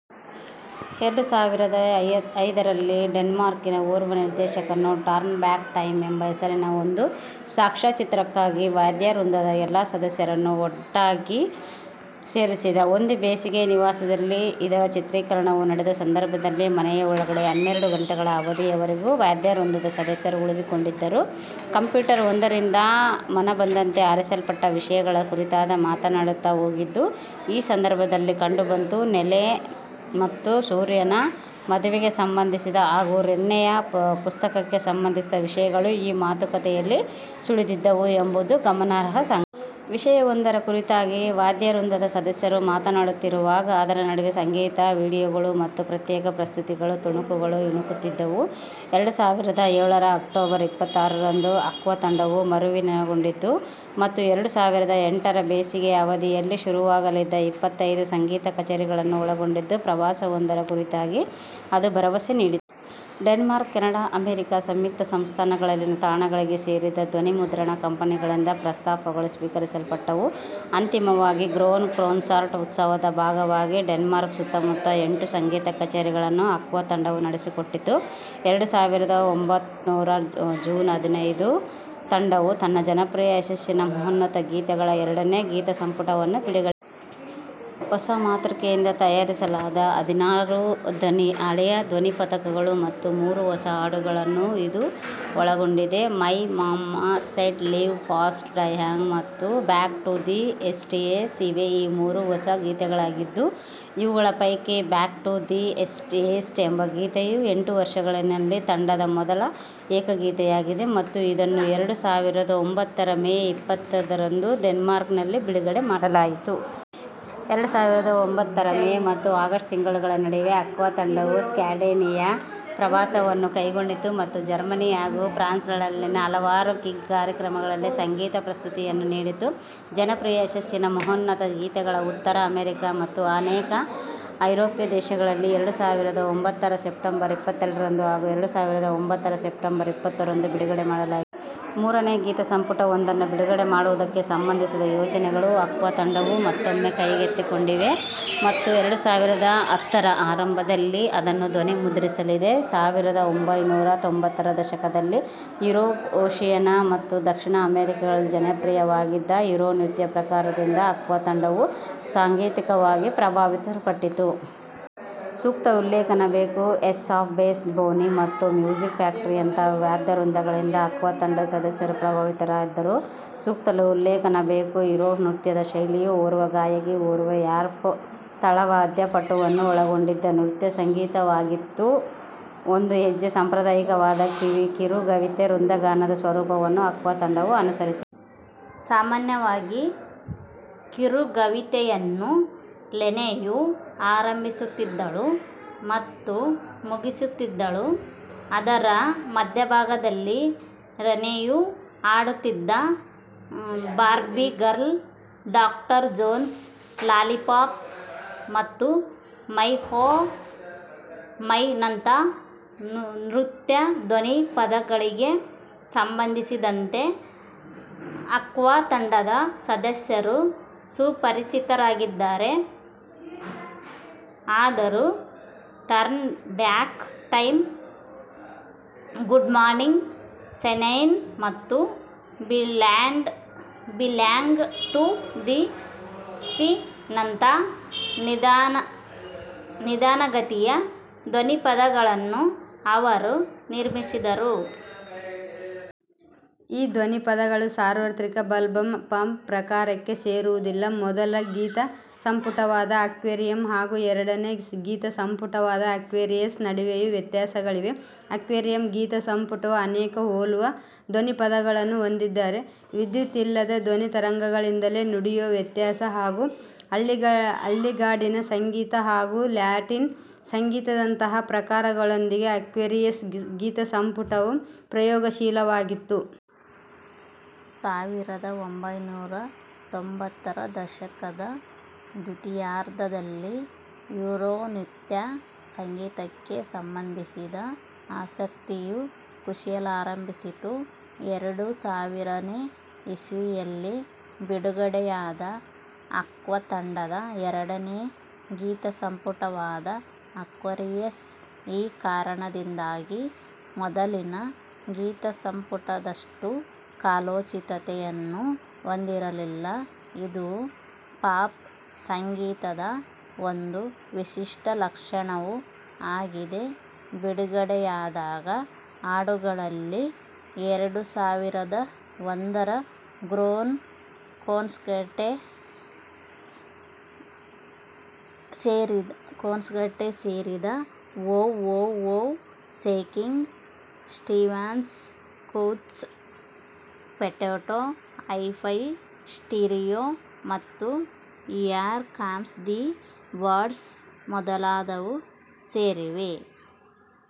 ಎರಡು ಸಾವಿರದ ಐದರಲ್ಲಿ, ಡೆನ್ಮಾರ್ಕಿನ ಓರ್ವ ನಿರ್ದೇಶಕನು, ಟರ್ನ್ ಬ್ಯಾಕ್ ಟೈಮ್ ಎಂಬ ಹೆಸರಿನ ಒಂದು ಸಾಕ್ಷ್ಯಚಿತ್ರಕ್ಕಾಗಿ ವಾದ್ಯವೃಂದದ ಎಲ್ಲ ಸದಸ್ಯರನ್ನೂ ಒಟ್ಟಾಗಿ ಸೇರಿಸಿದ. ಒಂದು ಬೇಸಿಗೆ ನಿವಾಸದಲ್ಲಿ ಇದರ ಚಿತ್ರೀಕರಣವು ನಡೆದ ಸಂದರ್ಭದಲ್ಲಿ, ಮನೆಯ ಒಳಗಡೆ ಹನ್ನೆರಡು ಗಂಟೆಗಳ ಅವಧಿಯವರೆಗೆ ವಾದ್ಯವೃಂದದ ಸದಸ್ಯರು ಉಳಿದುಕೊಂಡಿದ್ದರು; ಕಂಪ್ಯೂಟರ್ ಒಂದರಿಂದ ಮನಬಂದಂತೆ ಆರಿಸಲ್ಪಟ್ಟ ವಿಷಯಗಳ ಕುರಿತಾಗಿ ಮಾತನಾಡುತ್ತಾ ಹೋಗಿದ್ದು ಈ ಸಂದರ್ಭದಲ್ಲಿ ಕಂಡುಬಂತು; ಲೆನೆ ಮತ್ತು ಸೋರೆನ್ರ ಮದುವೆಗೆ ಸಂಬಂಧಿಸಿದ ಹಾಗೂ ರೆನೆಯ ಪುಸ್ತಕಕ್ಕೆ ಸಂಬಂಧಿಸಿದ ವಿಷಯಗಳೂ ಈ ಮಾತುಕತೆಯಲ್ಲಿ ಸುಳಿದಿದ್ದವು ಎಂಬುದು ಗಮನಾರ್ಹ ಸಂಗತಿ. ವಿಷಯವೊಂದರ ಕುರಿತಾಗಿ ವಾದ್ಯವೃಂದದ ಸದಸ್ಯರು ಮಾತನಾಡುತ್ತಿರುವಾಗ, ಅದರ ನಡುವೆ ಸಂಗೀತ ವಿಡಿಯೋಗಳು ಮತ್ತು ಪ್ರತ್ಯಕ್ಷ ಪ್ರಸ್ತುತಿಗಳ ತುಣುಕುಗಳು ಇಣುಕುತ್ತಿದ್ದವು. ಎರಡು ಸಾವಿರದ ಏಳರ ಅಕ್ಟೋಬರ್ ಇಪ್ಪತ್ತಾರರಂದು, ಆಕ್ವಾ ತಂಡವು ಮರುವಿಲೀನಗೊಂಡಿತು ಮತ್ತು ಎರಡು ಸಾವಿರದ ಎಂಟರ ಬೇಸಿಗೆಯ ಅವಧಿಯಲ್ಲಿ ಶುರುವಾಗಲಿದ್ದ, ಇಪ್ಪತ್ತೈದು-ಸಂಗೀತ ಕಚೇರಿಗಳನ್ನು ಒಳಗೊಂಡಿದ್ದ ಪ್ರವಾಸವೊಂದರ ಕುರಿತಾಗಿ ಅದು ಭರವಸೆ ನೀಡಿತು. ಡೆನ್ಮಾರ್ಕ್, ಕೆನಡಾ, ಅಮೆರಿಕಾ ಸಂಯುಕ್ತ ಸಂಸ್ಥಾನಗಳಲ್ಲಿನ ತಾಣಗಳಿಗೆ ಸೇರಿದ ಧ್ವನಿಮುದ್ರಣ ಕಂಪನಿಗಳಿಂದ ಪ್ರಸ್ತಾವಗಳು ಸ್ವೀಕರಿಸಲ್ಪಟ್ಟವು. ಅಂತಿಮವಾಗಿ, "ಗ್ರೋನ್ ಕೊನ್ಸರ್ಟ್" ಉತ್ಸವದ ಭಾಗವಾಗಿ ಡೆನ್ಮಾರ್ಕ್ನ ಸುತ್ತಮುತ್ತ ಎಂಟು ಸಂಗೀತ ಕಚೇರಿಗಳನ್ನು ಆಕ್ವಾ ತಂಡವು ನಡೆಸಿಕೊಟ್ಟಿತು. ಎರಡು ಸಾವಿರದ ಒಂಭತ್ತರ ಜೂನ್ ಹದಿನೈದರಂದು, ತಂಡವು ತನ್ನ ಜನಪ್ರಿಯ ಯಶಸ್ಸಿನ ಮಹೋನ್ನತ ಗೀತೆಗಳ ಎರಡನೇ ಗೀತಸಂಪುಟವನ್ನು ಬಿಡುಗಡೆಮಾಡಿತು. ಹೊಸಮಾತೃಕೆಯಿಂದ ತಯಾರಿಸಲಾದ ಹದಿನಾರು ಹಳೆಯ ಧ್ವನಿಪಥಗಳು ಮತ್ತು ಮೂರು ಹೊಸ ಹಾಡುಗಳನ್ನು ಇದು ಒಳಗೊಂಡಿದೆ. "My mamma said", "live fast, die young" ಮತ್ತು "ಬ್ಯಾಕ್ ಟು ದಿ ಏಯ್ಟೀಸ್ ಇವೇ ಆ ಮೂರು ಹೊಸ ಗೀತೆಗಳಾಗಿದ್ದು, ಇವುಗಳ ಪೈಕಿ ಬ್ಯಾಕ್ ಟು ದಿ ಏಯ್ಟೀಸ್ ಎಂಬ ಗೀತೆಯು ಎಂಟು ವರ್ಷಗಳಲ್ಲಿನ ತಂಡದ ಮೊದಲ ಏಕಗೀತೆಯಾಗಿದೆ ಮತ್ತು ಇದನ್ನು ಎರಡು ಸಾವಿರದ ಒಂಭತ್ತರ ಮೇ ಇಪ್ಪತ್ತೈದರಂದು ಡೆನ್ಮಾರ್ಕ್ನಲ್ಲಿ ಬಿಡುಗಡೆ ಮಾಡಲಾಯಿತು. ಎರಡು ಸಾವಿರದ ಒಂಭತ್ತರ ಮೇ ಮತ್ತು ಆಗಸ್ಟ್ ತಿಂಗಳುಗಳ ನಡುವೆ ಆಕ್ವಾ ತಂಡವು ಸ್ಕ್ಯಾಂಡಿನೇವಿಯಾ ಪ್ರವಾಸವನ್ನೂ ಕೈಗೊಂಡಿತು ಮತ್ತು ಜರ್ಮನಿ, ಹಾಗೂ ಫ್ರಾನ್ಸ್ಗಳಲ್ಲಿನ ಹಲವಾರು ಗಿಗ್ ಕಾರ್ಯಕ್ರಮಗಳಲ್ಲಿ ಸಂಗೀತ-ಪ್ರಸ್ತುತಿಯನ್ನು ನೀಡಿತು. ಜನಪ್ರಿಯ ಯಶಸ್ಸಿನ ಮಹೋನ್ನತ ಗೀತೆಗಳ ಉತ್ತರ ಅಮೆರಿಕಾ ಮತ್ತು ಅನೇಕ ಐರೋಪ್ಯ ದೇಶಗಳಲ್ಲಿ ಎರಡು ಸಾವಿರದ ಒಂಭತ್ತರ ಸೆಪ್ಟೆಂಬರ್ ಇಪ್ಪತ್ತೆರಡರಂದು ಹಾಗೂ ಎರಡು ಸಾವಿರದ ಒಂಭತ್ತರ ಸೆಪ್ಟೆಂಬರ್ ಇಪ್ಪತ್ತೊಂಬತ್ತರಂದು ಬಿಡುಗಡೆ ಮಾಡಲಾಯಿತು. ಮೂರನೇ ಗೀತಸಂಪುಟವೊಂದನ್ನು ಬಿಡುಗಡೆ ಮಾಡುವುದಕ್ಕೆ ಸಂಬಂಧಿಸಿದ ಯೋಜನೆಗಳನ್ನು ಆಕ್ವಾ ತಂಡವು ಮತ್ತೊಮ್ಮೆ ಕೈಗೆತ್ತಿಕೊಂಡಿದೆ ಮತ್ತು ಎರಡು ಸಾವಿರದ ಹತ್ತರ ಆರಂಭದಲ್ಲಿ ಅದನ್ನು ಧ್ವನಿಮುದ್ರಿಸಲಿದೆ. ಸಾವಿರದ ಒಂಭೈನೂರ ತ್ತೊಂಬತ್ತರ ದಶಕದಲ್ಲಿ ಯುರೋಪ್, ಓಷಿಯಾನಿಯಾ ಮತ್ತು ದಕ್ಷಿಣ ಅಮೆರಿಕಾಗಳಲ್ಲಿ ಜನಪ್ರಿಯವಾಗಿದ್ದ ಯುರೋನೃತ್ಯ ಪ್ರಕಾರದಿಂದ ಆಕ್ವಾ ತಂಡವು ಸಾಂಗೀತಕವಾಗಿ ಪ್ರಭಾವಿಸಲ್ಪಟ್ಟಿತ್ತು. ಸೂಕ್ತ ಉಲ್ಲೇಖನ ಬೇಕು, ಏಸ್ ಆಫ್ ಬೇಸ್, ಬೋನಿ. ಮತ್ತು ಮ್ಯೂಸಿಕ್ ಫ್ಯಾಕ್ಟರಿಯಂಥ ವಾದ್ಯವೃಂದಗಳಿಂದಲೂ ಆಕ್ವಾ ತಂಡದ ಸದಸ್ಯರು ಪ್ರಭಾವಿತರಾಗಿದ್ದರು. ಸೂಕ್ತ ಉಲ್ಲೇಖನ ಬೇಕು ಯುರೋನೃತ್ಯದ ಶೈಲಿಯು, ಓರ್ವ ಗಾಯಕಿ ಹಾಗೂ ಓರ್ವ ರ್ಯಾಪ್ ತಾಳವಾದ್ಯ ಪಟುವನ್ನು ಒಳಗೊಂಡಿದ್ದ ನೃತ್ಯ ಸಂಗೀತವಾಗಿತ್ತು. ಒಂದು ಹೆಚ್ಚು ಸಾಂಪ್ರದಾಯಿಕವಾದ ಕಿರುಗವಿತೆ-ವೃಂದಗಾನದ ಸ್ವರೂಪವನ್ನು ಆಕ್ವಾ ತಂಡವು ಅನುಸರಿಸಿತು. ಸಾಮಾನ್ಯವಾಗಿ, ಕಿರುಗವಿತೆಯನ್ನು ಲೆನೆಯು ಆರಂಭಿಸುತ್ತಿದ್ದಳು ಮತ್ತು ಮುಗಿಸುತ್ತಿದ್ದಳು. ಅದರ ಮಧ್ಯಭಾಗದಲ್ಲಿ ರೆನೆಯು ಹಾಡುತ್ತಿದ್ದ. "Barbie girl", "doctor Jones", "lollipop " ಮತ್ತು "ಮೈ ಓಹ್ ಮೈ"ನಂಥ ನೃತ್ಯ ಧ್ವನಿಪಥಗಳಿಗೆ ಸಂಬಂಧಿಸಿದಂತೆ ಆಕ್ವಾ ತಂಡದ ಸದಸ್ಯರು ಸುಪರಿಚಿತರಾಗಿದ್ದಾರೆ. ಆದರೂ, "turn back time", "good morning sunshine" ಮತ್ತು "ವಿ ಬಿಲಾಂಗ್ ಟು ದಿ ಸೀ"ನಂಥ ನಿಧಾನಗತಿಯ ಧ್ವನಿಪಥಗಳನ್ನೂ ಅವರು ನಿರ್ಮಿಸಿದರು. ಈ ಧ್ವನಿಪಥಗಳು ಸಾರ್ವತ್ರಿಕ ಬಬಲ್ಗಮ್ ಪಾಪ್ ಪ್ರಕಾರಕ್ಕೆ ಸೇರುವುದಿಲ್ಲ. ಮೊದಲ ಗೀತಸಂಪುಟವಾದ ಆಕ್ವೇರಿಯಂ ಹಾಗೂ ಎರಡನೇ ಗೀತಸಂಪುಟವಾದ ಆಕ್ವೇರಿಯಸ್ ನಡುವೆಯೂ ವ್ಯತ್ಯಾಸಗಳಿವೆ. ಆಕ್ವೇರಿಯಂ ಗೀತಸಂಪುಟವು ಅನೇಕ ಹೋಲುವ ಧ್ವನಿಪಥಗಳನ್ನು ಹೊಂದಿದ್ದರೆ, ವಿದ್ಯುತ್ತಿಲ್ಲದೆ ಧ್ವನಿತರಂಗಗಳಿಂದಲೇ ನುಡಿಯುವ ವಾದ್ಯಗಳು ಹಾಗೂ ಹಳ್ಳಿಗಾಡಿನ ಸಂಗೀತ ಹಾಗೂ ಲ್ಯಾಟಿನ್ ಸಂಗೀತದಂಥ ಪ್ರಕಾರಗಳೊಂದಿಗೆ ಆಕ್ವೇರಿಯಸ್ ಗೀತಸಂಪುಟವು ಪ್ರಯೋಗಶೀಲವಾಗಿತ್ತು. ಸಾವಿರದ ಒಂಭೈನೂರ ತೊಂಬತ್ತರ ದಶಕದ ದ್ವಿತೀಯಾರ್ಧದಲ್ಲಿ, ಯುರೋನೃತ್ಯ ಸಂಗೀತಕ್ಕೆ ಸಂಬಂಧಿಸಿದ ಆಸಕ್ತಿಯು ಕುಸಿಯಲಾರಂಭಿಸಿತು. ಎರಡು ಸಾವಿರನೇ ಇಸವಿಯಲ್ಲಿ ಬಿಡುಗಡೆಯಾದ ಆಕ್ವಾ ತಂಡದ ಎರಡನೇ ಗೀತಸಂಪುಟವಾದ ಆಕ್ವೇರಿಯಸ್, ಈ ಕಾರಣದಿಂದಾಗಿ ಮೊದಲಿನ ಗೀತಸಂಪುಟದಷ್ಟು ಕಾಲೋಚಿತತೆಯನ್ನು ಹೊಂದಿರಲಿಲ್ಲ. ಇದು ಪಾಪ್ ಸಂಗೀತದ ಒಂದು ವಿಶಿಷ್ಟ ಲಕ್ಷಣವೂ ಆಗಿದೆ. ಬಿಡುಗಡೆಯಾಗದ ಹಾಡುಗಳಲ್ಲಿ ಎರಡು ಸಾವಿರದ ಒಂದರ ಗ್ರೋನ್ ಕೊನ್ಸರ್ಟ್ಗೆ ಸೇರಿದ "wow, wow, wow", "Shaking Stevens ", "couch potato", "hi fi stereo", ಮತ್ತು "ಹಿಯರ್ ಕಮ್ಸ್ ದಿ ಬರ್ಡ್ಸ್" ಮೊದಲಾದವು ಸೇರಿವೆ.